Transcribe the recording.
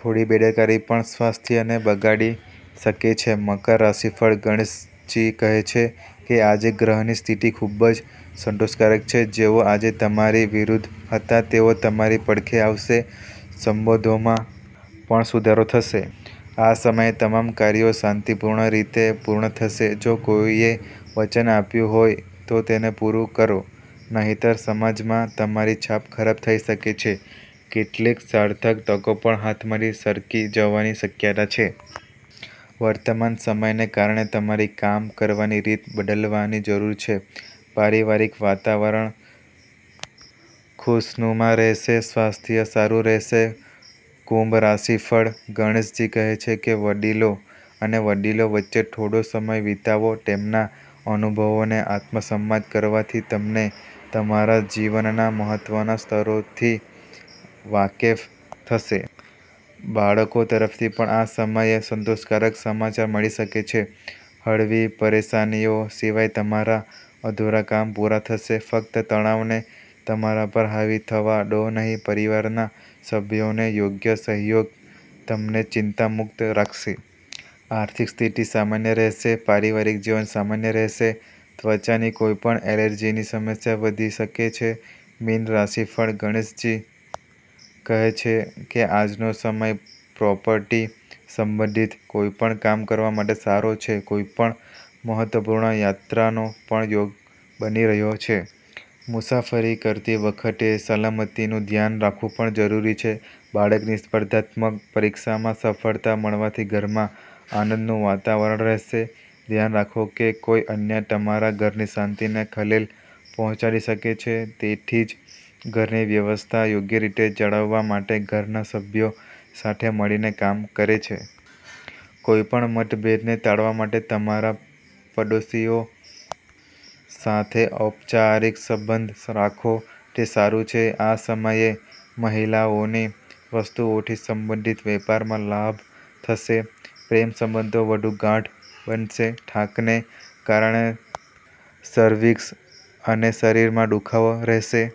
થોડી બેદરકારી પણ સ્વાસ્થ્યને બગાડી શકે છે. મકર રાશિફળ: ગણેશજી કહે છે કે આજે ગ્રહની સ્થિતિ ખૂબ જ સંતોષકારક છે. જેઓ આજે તમારી વિરુદ્ધ હતા તેઓ તમારી પડખે આવશે. સંબંધોમાં પણ સુધારો થશે. આ સમયે તમામ કાર્યો શાંતિપૂર્ણ રીતે પૂર્ણ થશે. જો કોઈએ વચન આપ્યું હોય તો તેને પૂરું કરો. નહીંતર સમાજમાં તમારી છાપ ખરાબ થઈ શકે છે. કેટલીક સાર્થક તકો પણ હાથમાંથી સરકી જવાની શક્યતા છે. વર્તમાન સમયને કારણે તમારી કામ કરવાની રીત બદલવાની જરૂર છે. પારિવારિક વાતાવરણ ખુશનુમા રહેશે. સ્વાસ્થ્ય સારું રહેશે. કુંભ રાશિફળ: ગણેશજી કહે છે કે વડીલો અને વડીલો વચ્ચે થોડો સમય વિતાવો. તેમના અનુભવોને આત્મસાત કરવાથી તમને તમારા જીવનના મહત્વના સ્તરોથી વાકેફ થશે. બાળકો તરફથી પણ આ સમયે સંતોષકારક સમાચાર મળી શકે છે. હળવી પરેશાનીઓ સિવાય તમારા અધૂરા કામ પૂરા થશે. ફક્ત તણાવને તમારા પર હાવી થવા દો નહીં. પરિવારના સભ્યોનો યોગ્ય સહયોગ તમને ચિંતામુક્ત રાખશે. આર્થિક સ્થિતિ સામાન્ય રહેશે. પારિવારિક જીવન સામાન્ય રહેશે. ત્વચાની કોઈપણ એલર્જીની સમસ્યા વધી શકે છે. મીન રાશિફળ: ગણેશજી કહે છે કે આજનો સમય પ્રોપર્ટી સંબંધિત કોઈપણ કામ કરવા માટે સારો છે. કોઈ મહત્વપૂર્ણ યાત્રાનો પણ યોગ બની રહ્યો છે. મુસાફરી કરતી વખતે સલામતીનું ધ્યાન રાખવું પણ જરૂરી છે. બાળકની સ્પર્ધાત્મક પરીક્ષામાં સફળતા મળવાથી ઘરમાં આનંદનું વાતાવરણ રહેશે. ધ્યાન રાખો કે કોઈ અન્ય તમારા ઘરની શાંતિને ખલેલ પહોંચાડી શકે છે. તેથી જ ઘરની વ્યવસ્થા યોગ્ય રીતે જાળવવા માટે ઘરના સભ્યો સાથે મળીને કામ કરે છે. કોઈપણ મતભેદને ટાળવા માટે તમારા પડોશીઓ સાથે ઔપચારિક સંબંધ રાખો તે સારું છે. આ સમયે મહિલાઓની વસ્તુઓથી સંબંધિત વેપારમાં લાભ થશે. પ્રેમ સંબંધો વધુ ગાઢ બનશે. થાકને કારણે સર્વિક્સ અને શરીરમાં દુખાવો રહેશે.